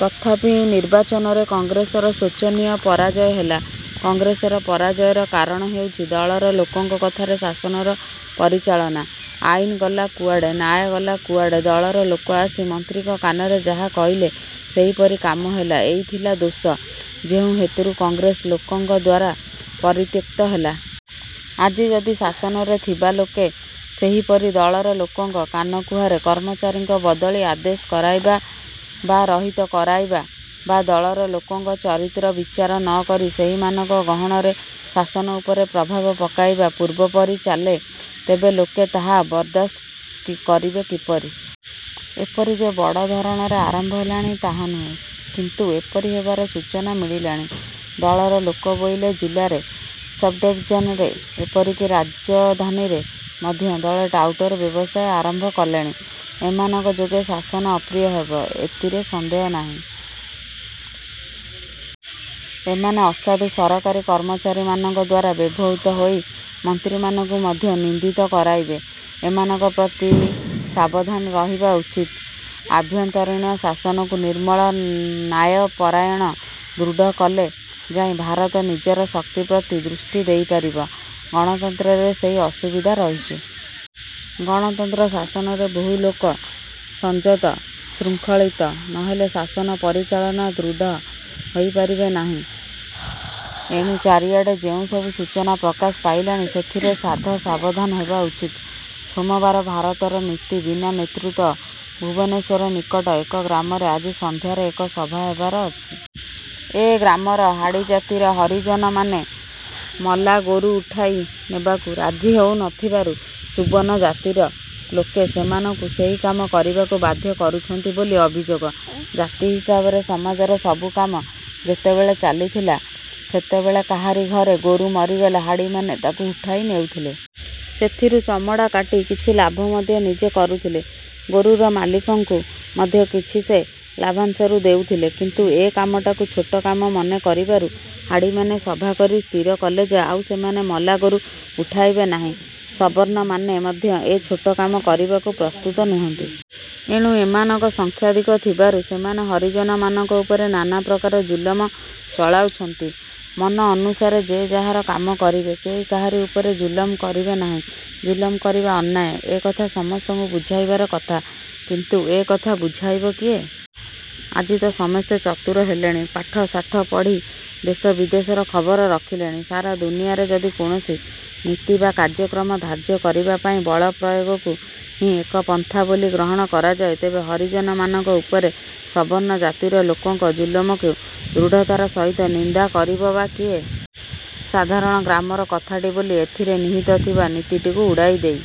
ତଥାପି ନିର୍ବାଚନରେ କଂଗ୍ରେସର ଶୋଚନୀୟ ପରାଜୟ ହେଲା। କଂଗ୍ରେସର ପରାଜୟର କାରଣ ହେଉଚି, ଦଳର ଲୋକଙ୍କ କଥାରେ ଶାସନର ପରିଚାଳନା। ଆଇନ ଗଲା କୁଆଡ଼େ, ନ୍ୟାୟ ଗଲା କୁଆଡ଼େ, ଦଳର ଲୋକ ଆସି ମନ୍ତ୍ରୀଙ୍କ କାନରେ ଯାହା କହିଲେ, ସେହିପରି କାମ ହେଲା। ଏଇ ଥିଲା ଦୋଷ, ଯେଉଁ ହେତୁରୁ କଂଗ୍ରେସ ଲୋକଙ୍କଦ୍ୱାରା ପରିତ୍ୟକ୍ତ ହେଲା। ଆଜି ଯଦି ଶାସନରେ ଥିବା ଲୋକେ ସେହିପରି ଦଳର ଲୋକଙ୍କ କାନକୁହାରେ କର୍ମଚାରୀଙ୍କ ବଦଳି ଆଦେଶ କରାଇବା ବା ରହିତ କରାଇବା ବା ଦଳର ଲୋକଙ୍କ ଚରିତ୍ର ବିଚାର ନକରି ସେହିମାନଙ୍କ ଗହଣରେ ଶାସନ ଉପରେ ପ୍ରଭାବ ପକାଇବା ପୂର୍ବପରି ଚାଲେ, ତେବେ ଲୋକେ ତାହା ବରଦାସ୍ତ କରିବେ କିପରି? ଏପରି ଯେ ବଡ଼ ଧରଣରେ ଆରମ୍ଭ ହେଲାଣି ତାହା ନୁହେଁ; କିନ୍ତୁ ଏପରି ହେବାର ସୂଚନା ମିଳିଲାଣି। ଦଳର ଲୋକ ବୋଇଲେ ଜିଲାରେ ସବ୍ଡ଼ିଭିଜନରେ ଏପରିକି ରାଜଧାନୀରେ ମଧ୍ୟ ଦଳେ ଟାଉଟର ବ୍ୟବସାୟ ଆରମ୍ଭ କଲେଣି। ଏମାନଙ୍କ ଯୋଗେ ଶାସନ ଅପ୍ରିୟ ହେବ, ଏତିରେ ସନ୍ଦେହ ନାହିଁ। ଏମାନେ ଅସାଧୁ ସରକାରୀ କର୍ମଚାରୀମାନଙ୍କ ଦ୍ୱାରା ବ୍ୟବହୃତ ହୋଇ ମନ୍ତ୍ରୀମାନଙ୍କୁ ମଧ୍ୟ ନିନ୍ଦିତ କରାଇବେ। ଏମାନଙ୍କ ପ୍ରତି ସାବଧାନ ରହିବା ଉଚିତ। ଆଭ୍ୟନ୍ତରୀଣ ଶାସନକୁ ନିର୍ମଳ ନ୍ୟାୟପରାୟଣ ଦୃଢ଼ କଲେ ଯାଇ ଭାରତ ନିଜର ଶକ୍ତି ପ୍ରତି ଦୃଷ୍ଟି ଦେଇପାରିବ। ଗଣତନ୍ତ୍ରରେ ସେହି ଅସୁବିଧା ରହିଛି। ଗଣତନ୍ତ୍ର ଶାସନରେ ବହୁ ଲୋକ ସଂଯତ ଶୃଙ୍ଖଳିତ ନ ହେଲେ ଶାସନ ପରିଚାଳନା ଦୃଢ଼ ହୋଇପାରିବ ନାହିଁ। ଏଣୁ ଚାରିଆଡ଼େ ଯେଉଁ ସବୁ ସୂଚନା ପ୍ରକାଶ ପାଇଲାଣି, ସେଥିରେ ସାଧ ସାବଧାନ ହେବା ଉଚିତ। ସୋମବାର ଭାରତର ନୀତି ବିନା ନେତୃତ୍ୱ ଭୁବନେଶ୍ୱର ନିକଟ ଏକ ଗ୍ରାମରେ ଆଜି ସନ୍ଧ୍ୟାରେ ଏକ ସଭା ହେବାର ଅଛି। ଏ ଗ୍ରାମର ହାଡ଼ି ଜାତିର ହରିଜନମାନେ ମଲା ଗୋରୁ ଉଠାଇ ନେବାକୁ ରାଜି ହେଉ ନ ଥିବାରୁ ସୁବର୍ଣ୍ଣ ଜାତିର ଲୋକେ ସେମାନଙ୍କୁ ସେହି କାମ କରିବାକୁ ବାଧ୍ୟ କରୁଛନ୍ତି ବୋଲି ଅଭିଯୋଗ। ଜାତି ହିସାବରେ ସମାଜର ସବୁ କାମ ଯେତେବେଳେ ଚାଲିଥିଲା, ସେତେବେଳେ କାହାରି ଘରେ ଗୋରୁ ମରିଗଲେ, ହାଡ଼ିମାନେ ତାକୁ ଉଠାଇ ନେଉଥିଲେ। ସେଥିରୁ ଚମଡ଼ା କାଟି କିଛି ଲାଭ ମଧ୍ୟ ନିଜେ କରୁଥିଲେ। ଗୋରୁର ମାଲିକଙ୍କୁ ମଧ୍ୟ କିଛି ସେ ଲାଭାଂଶରୁ ଦେଉଥିଲେ; କିନ୍ତୁ ଏ କାମଟାକୁ ଛୋଟ କାମ ମନେ କରିବାରୁ ହାଡ଼ିମାନେ ସଭାକରି ସ୍ଥିରକଲେ ଯେ ଆଉ ସେମାନେ ମଲା ଗୋରୁ ଉଠାଇବେ ନାହିଁ। ସବର୍ଣ୍ଣମାନେ ମଧ୍ୟ ଏ ଛୋଟ କାମ କରିବାକୁ ପ୍ରସ୍ତୁତ ନୁହନ୍ତି। ଏଣୁ ସେମାନଙ୍କ ସଂଖ୍ୟାଧିକ ଥିବାରୁ ସେମାନେ ହରିଜନମାନଙ୍କ ଉପରେ ନାନା ପ୍ରକାର ଜୁଲମ ଚଳାଇଛନ୍ତି। ମନ ଅନୁସାରେ ଯେ ଯାହାର କାମ କରିବେ, କେହି କାହାରି ଉପରେ ଜୁଲମ କରିବେ ନାହିଁ, ଜୁଲମ କରିବା ଅନ୍ୟାୟ ଏ କଥା ସମସ୍ତଙ୍କୁ ବୁଝାଇବାର କଥା, କିନ୍ତୁ ଏ କଥା ବୁଝାଇବ କିଏ? ଆଜି ତ ସମସ୍ତେ ଚତୁର ହେଲେଣି, ପାଠଶାଠ ପଢ଼ି ଦେଶ ବିଦେଶର ଖବର ରଖିଲେଣି। ସାରା ଦୁନିଆରେ ଯଦି କୌଣସି ନୀତି ବା କାର୍ଯ୍ୟକ୍ରମ ଧାର୍ଯ୍ୟ କରିବାପାଇଁ ବଳ ପ୍ରୟୋଗକୁ ହିଁ ଏକ ପନ୍ଥା ବୋଲି ଗ୍ରହଣ କରାଯାଏ, ତେବେ ହରିଜନମାନଙ୍କ ଉପରେ ସବର୍ଣ୍ଣ ଜାତିର ଲୋକଙ୍କ ଜୁଲମକୁ ଦୃଢ଼ତାର ସହିତ ନିନ୍ଦା କରିବ ବା କିଏ? ସାଧାରଣ ଗ୍ରାମର କଥାଟି ବୋଲି ଏଥିରେ ନିହିତ ଥିବା ନୀତିଟିକୁ ଉଡ଼ାଇ ଦେଇ